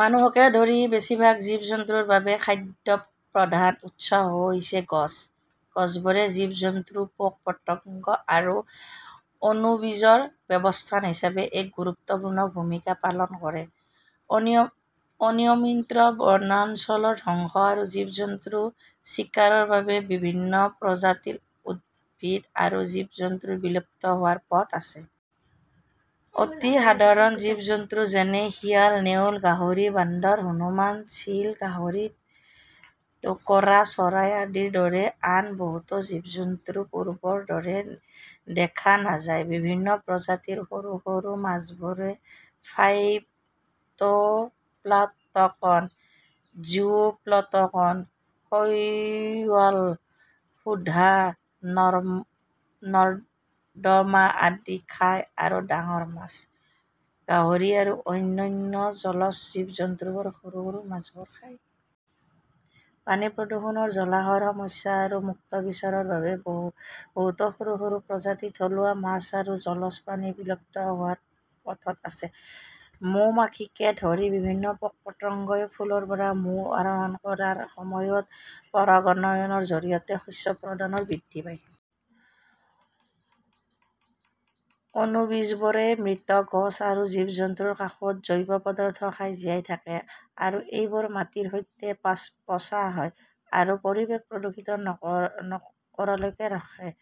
মানুহকে ধৰি বেছিভাগ জীৱ-জন্তুৰ বাবে খাদ্যৰ প্ৰধান উৎস হৈছে গছ। গছবোৰে জীৱ-জন্তু, পোক-পতংগ আৰু অণুজীৱৰ বাসস্থান হিচাপে এক গুৰুত্বপূৰ্ণ ভূমিকা পালন কৰে। অনিয়ন্ত্ৰিত বনাঞ্চল ধ্বংস আৰু জীৱ-জন্তুৰ চিকাৰৰ বাবে বিভিন্ন প্ৰজাতিৰ উদ্ভিদ আৰু জীৱ-জন্তু বিলুপ্ত হোৱাৰ পথত আছে। অতি সাধাৰণ জীৱ-জন্তু, যেনে শিয়াল, ,নেউল, গাহৰি, বান্দৰ, হনুমান, চিল, গাহৰি, টোকোৰা চৰাই আদিৰ দৰে আন বহুতো জীৱ-জন্তু পূৰ্বৰ দৰে দেখা নাযায়। বিভিন্ন প্ৰজাতিৰ সৰু সৰু মাছবোৰে ফাইটোপ্লাংকটন, জুওপ্লাংকটন, শৈবাল, ক্ষুধা, নৰ্দমা আদি খায়, আৰু ডাঙৰ মাছ, গাহৰি আৰু অন্যান্য জলজ জীৱ-জন্তুবোৰে সৰু সৰু মাছবোৰ খায়। পানীৰ প্ৰদূষণ, জলাশয়ৰ সমস্যা আৰু মুক্ত চিকাৰৰ বাবে বহুতো সৰু সৰু প্ৰজাতিৰ থলুৱা মাছ আৰু জলজ প্ৰাণী বিলুপ্ত হোৱাৰ পথত আছে। মৌমাখিকে ধৰি বিভিন্ন পোক-পতংগই ফুলৰ পৰা মৌ আহৰণ কৰাৰ সময়ত পৰাগায়নৰ জৰিয়তে শস্যৰ উৎপাদন বৃদ্ধি পায়। অণুজীৱবোৰে মৃত গছ আৰু জীৱ-জন্তুৰ কোষৰ জৈৱ পদাৰ্থ খাই জীয়াই থাকে আৰু এইবোৰ মাটিৰ সৈতে পচা হয় আৰু পৰিৱেশক প্ৰদূষিত নকৰাকৈ ৰাখে।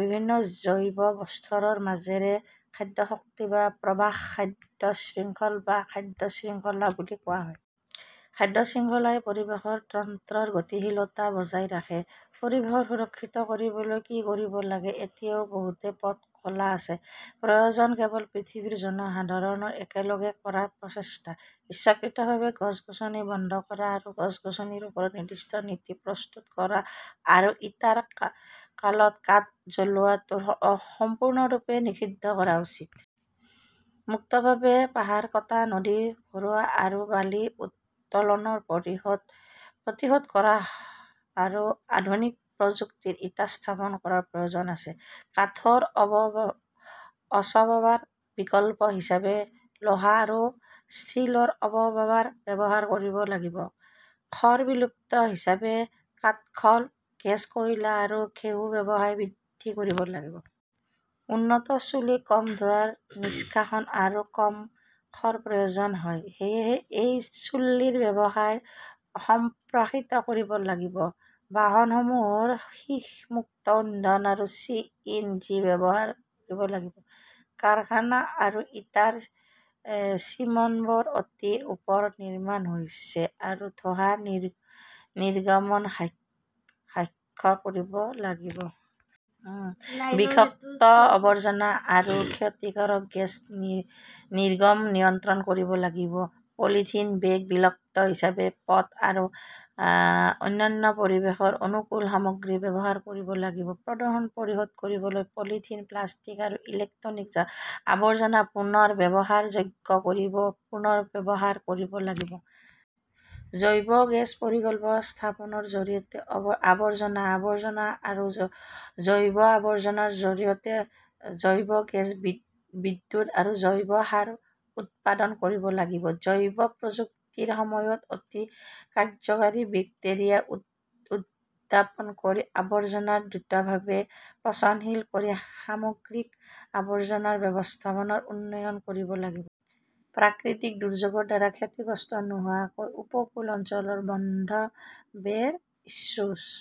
বিভিন্ন জৈৱ স্তৰৰ মাজেৰে খাদ্য শক্তিৰ এই প্ৰবাহক খাদ্য শৃংখল বা খাদ্য শৃংখলা বুলি কোৱা হয়। খাদ্য শৃংখলাই পৰিৱেশ তন্ত্ৰৰ গতিশীলতা বজাই ৰাখে। পৰিৱেশ সুৰক্ষিত কৰিবলৈ কি কৰিব লাগে? এতিয়াও বহুতো পথ খোলা আছে। প্ৰয়োজন কেৱল পৃথিৱীৰ জনসাধাৰণৰ একেলগে কৰা প্ৰচেষ্টা। ইচ্ছাকৃতভাৱে গছ-গছনি বন্ধ কৰা আৰু গছ-গছনিৰ ওপৰত নিৰ্দিষ্ট নীতি প্ৰস্তুত কৰা আৰু ইটাৰ কলত কাঠ জ্বলোৱাটো সম্পূৰ্ণৰূপে নিষিদ্ধ কৰা উচিত। মুক্তভাৱে পাহাৰ কটা, নদী ভৰোৱা আৰু বালি উত্তোলন প্ৰতিৰোধ কৰা আৰু আধুনিক প্ৰযুক্তিৰ ইটা স্থাপন কৰাৰ প্ৰয়োজন আছে। কাঠৰ আচবাবৰ বিকল্প হিচাপে লোহা আৰু ষ্টীলৰ আচবাব ব্যৱহাৰ কৰিব লাগিব। খড়ৰ বিকল্প হিচাপে কাঠক'ল, গেছ, কয়লা আৰু ঘেঁহুৰ ব্যৱহাৰ বৃদ্ধি কৰিব লাগিব। উন্নত চুলিত কম ধোঁৱা নিষ্কাশন আৰু কম খড়ৰ প্ৰয়োজন হয়। সেয়েহে এই চুল্লীৰ ব্যৱহাৰ সম্প্ৰসাৰিত কৰিব লাগিব। বাহনসমূহত সীহ-মুক্ত ইন্ধন আৰু চি. এন. জি. ব্যৱহাৰ কৰিব লাগিব। কাৰখানা আৰু ইটাৰ চিমনীবোৰ অতি ওপৰত নিৰ্মাণ কৰা হৈছে আৰু ধোঁৱা নিৰ্গমন হ্ৰাস কৰিব লাগিব। বিষাক্ত আৱৰ্জনা আৰু ক্ষতিকাৰক গেছ নিৰ্গমন নিয়ন্ত্ৰণ কৰিব লাগিব। পলিথিন বেগৰ বিকল্প হিচাপে পাট আৰু অন্যান্য পৰিৱেশ অনুকূল সামগ্ৰী ব্যৱহাৰ কৰিব লাগিব। প্ৰদূষণ প্ৰতিৰোধ কৰিবলৈ পলিথিন, প্লাষ্টিক আৰু ইলেক্ট্ৰনিক আৱৰ্জনা পুনৰ ব্যৱহাৰযোগ্য কৰি পুনৰ্ব্যৱহাৰ কৰিব লাগিব। জৈৱ গেছ প্ৰকল্প স্থাপনৰ জৰিয়তে আৱৰ্জনাৰ আৱৰ্জনা আৰু জৈৱ আৱৰ্জনাৰ জৰিয়তে জৈৱ গেছ, বিদ্যুৎ আৰু জৈৱ সাৰ উৎপাদন কৰিব লাগিব। জৈৱ প্ৰযুক্তিৰ সহায়ত অতি কাৰ্য্যকৰী বেক্টেৰিয়া উৎপাদন কৰি আৱৰ্জনা দ্ৰুতভাৱে পচনশীল কৰি সামগ্ৰিক আৱৰ্জনা ব্যৱস্থাপনাৰ উন্নয়ন কৰিব লাগিব। প্ৰাকৃতিক দুৰ্যোগৰ দ্বাৰা ক্ষতিগ্ৰস্ত নোহোৱাকৈ উপকূলীয় অঞ্চলৰ বান্ধ, বেৰ, শ্লুইচ